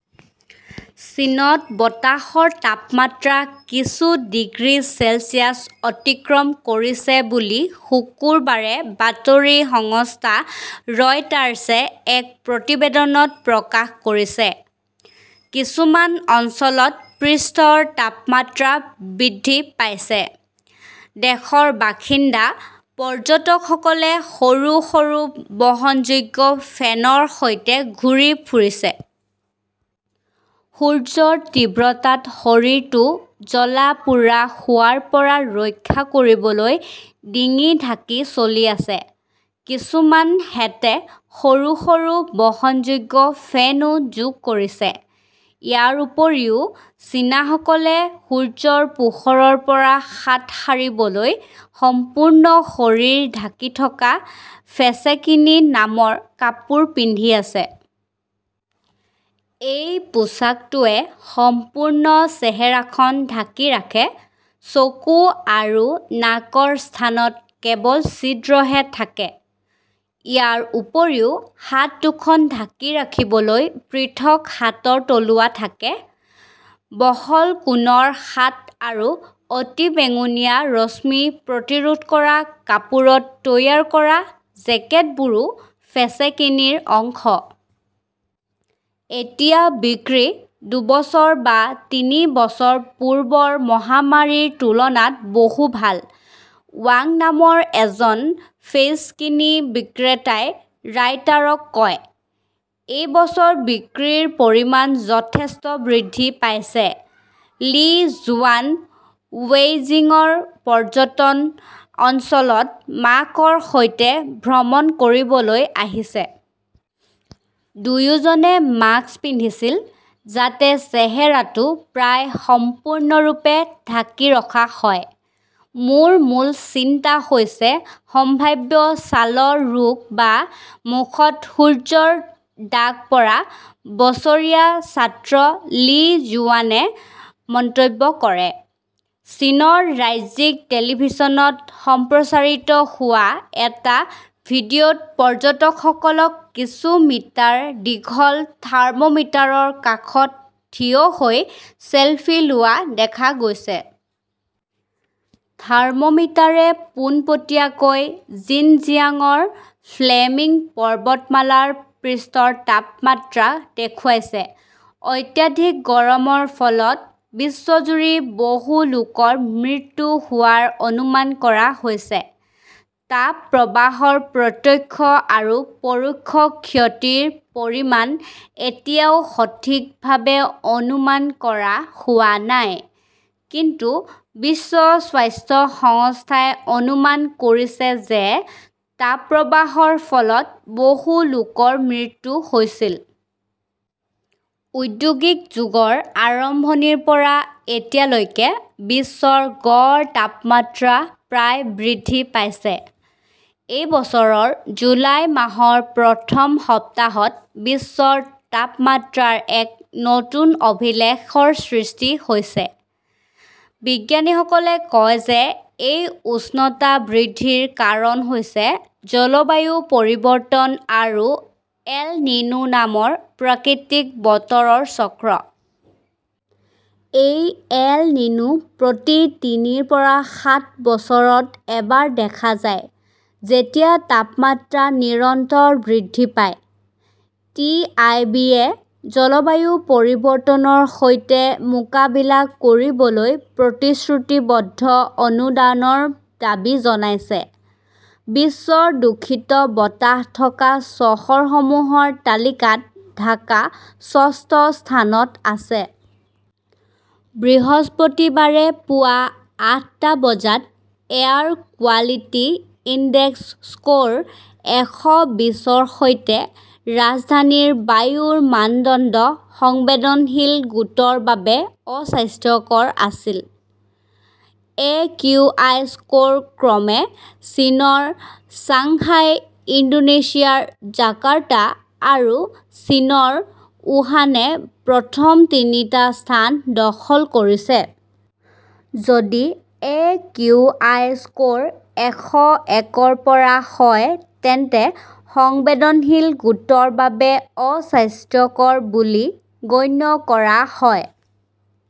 চীনত বতাহৰ তাপমাত্ৰা কিছু ডিগ্ৰী চেলছিয়াছ অতিক্ৰম কৰিছে বুলি শুকুৰবাৰে বাতৰি সংস্থা ৰয়টাৰ্ছে এক প্ৰতিবেদনত প্ৰকাশ কৰিছে। কিছুমান অঞ্চলত পৃষ্ঠৰ তাপমাত্ৰা বৃদ্ধি পাইছে। দেশৰ বাসিন্দা, পৰ্যটকসকলে সৰু সৰু বহনযোগ্য ফেনৰ সৈতে ঘূৰি ফুৰিছে। সূৰ্যৰ তীব্ৰতাত শৰীৰটো জ্বলা পোৰা হোৱাৰ পৰা ৰক্ষা কৰিবলৈ ডিঙি ঢাকি চলি আছে। কিছুমানৰ হেটে সৰু সৰু বহনযোগ্য ফেনো যোগ কৰিছে। ইয়াৰ উপৰিও, চীনাসকলে সূৰ্যৰ পোহৰৰ পৰা হাত সাৰিবলৈ সম্পূৰ্ণ শৰীৰ ঢাকি থকা ফেচেকিনি নামৰ কাপোৰ পিন্ধি আছে। এই পোচাকটোৱে সম্পূৰ্ণ চেহেৰাখন ঢাকি ৰাখে, চকু আৰু নাকৰ স্থানত কেৱল ছিদ্ৰহে থাকে। ইয়াৰ উপৰিও হাত দুখন ঢাকি ৰাখিবলৈ পৃথক হাতৰ তলুৱা থাকে। বহল কোণৰ হাট আৰু অতিবেঙুনীয়া ৰশ্মি প্ৰতিৰোধ কৰা কাপোৰত তৈয়াৰ কৰা জেকেটবোৰো ফেচেকিনিৰ অংশ। এতিয়া বিক্ৰী দুবছৰ বা তিনি বছৰ পূৰ্বৰ মহামাৰীৰ তুলনাত বহু ভাল, ৱাং নামৰ এজন ফেইচকিনি বিক্ৰেতাই ৰয়টাৰক কয়। এই বছৰ বিক্ৰীৰ পৰিমাণ যথেষ্ট বৃদ্ধি পাইছে। লী জুৱান বেইজিঙৰ পৰ্যটন অঞ্চলত মাকৰ সৈতে ভ্ৰমণ কৰিবলৈ আহিছে। দুয়োজনে মাস্ক পিন্ধিছিল, যাতে চেহেৰাটো প্ৰায় সম্পূৰ্ণৰূপে ঢাকি ৰখা হয়। মোৰ মূল চিন্তা হৈছে সম্ভাৱ্য ছালৰ ৰোগ বা মুখত সূৰ্যৰ দাগ পৰা, বছৰীয়া ছাত্ৰ লী জুৱানে মন্তব্য কৰে। চীনৰ ৰাজ্যিক টেলিভিছনত সম্প্ৰচাৰিত হোৱা এটা ভিডিঅত পৰ্যটকসকলক কিছু মিটাৰ দীঘল থাৰ্মোমিটাৰৰ কাষত থিয় হৈ চেলফি লোৱা দেখা গৈছে। থাৰ্মোমিটাৰে পোনপটীয়াকৈ জিনজিয়াংৰ ফ্লেমিঙ পৰ্বতমালাৰ পৃষ্ঠৰ তাপমাত্ৰা দেখুৱাইছে। অত্যাধিক গৰমৰ ফলত বিশ্বজুৰি বহু লোকৰ মৃত্যু হোৱাৰ অনুমান কৰা হৈছে। তাপ প্ৰবাহৰ প্ৰত্যক্ষ আৰু পৰোক্ষ ক্ষতিৰ পৰিমাণ এতিয়াও সঠিকভাৱে অনুমান কৰা হোৱা নাই। কিন্তু বিশ্ব স্বাস্থ্য সংস্থাই অনুমান কৰিছে যে তাপপ্ৰবাহৰ ফলত বহু লোকৰ মৃত্যু হৈছিল। ঔদ্যোগিক যুগৰ আৰম্ভণিৰ পৰা এতিয়ালৈকে বিশ্বৰ গড় তাপমাত্ৰা প্ৰায় বৃদ্ধি পাইছে। এই বছৰৰ জুলাই মাহৰ প্ৰথম সপ্তাহত বিশ্বৰ তাপমাত্ৰাৰ এক নতুন অভিলেখৰ সৃষ্টি হৈছে। বিজ্ঞানীসকলে কয় যে এই উষ্ণতা বৃদ্ধিৰ কাৰণ হৈছে জলবায়ু পৰিৱৰ্তন আৰু এল নিনো নামৰ প্ৰাকৃতিক বতৰৰ চক্ৰ। এই এল নিনো প্ৰতি তিনিৰ পৰা সাত বছৰত এবাৰ দেখা যায়, যেতিয়া তাপমাত্ৰা নিৰন্তৰ বৃদ্ধি পায়। টি আই বি য়ে জলবায়ু পৰিৱৰ্তনৰ সৈতে মোকাবিলা কৰিবলৈ প্ৰতিশ্ৰুতিবদ্ধ অনুদানৰ দাবী জনাইছে। বিশ্বৰ দূষিত বতাহ থকা চহৰসমূহৰ তালিকাত ঢাকা ষষ্ঠ স্থানত আছে। বৃহস্পতিবাৰে পুৱা আঠটা বজাত এয়াৰ কোৱালিটি ইনডেক্স স্ক'ৰ এশ বিশৰ সৈতে ৰাজধানীৰ বায়ুৰ মানদণ্ড সংবেদনশীল গোটৰ বাবে অস্বাস্থ্যকৰ আছিল। একিউআই স্ক'ৰ ক্ৰমে চীনৰ চাংহাই, ইণ্ডোনেছিয়াৰ জাকাৰ্টা আৰু চীনৰ উহানে প্ৰথম তিনিটা স্থান দখল কৰিছে। যদি একিউআই স্ক'ৰ এশ একৰ পৰা হয় তেন্তে সংবেদনশীল গোটৰ বাবে অস্বাস্থ্যকৰ বুলি গণ্য কৰা হয়।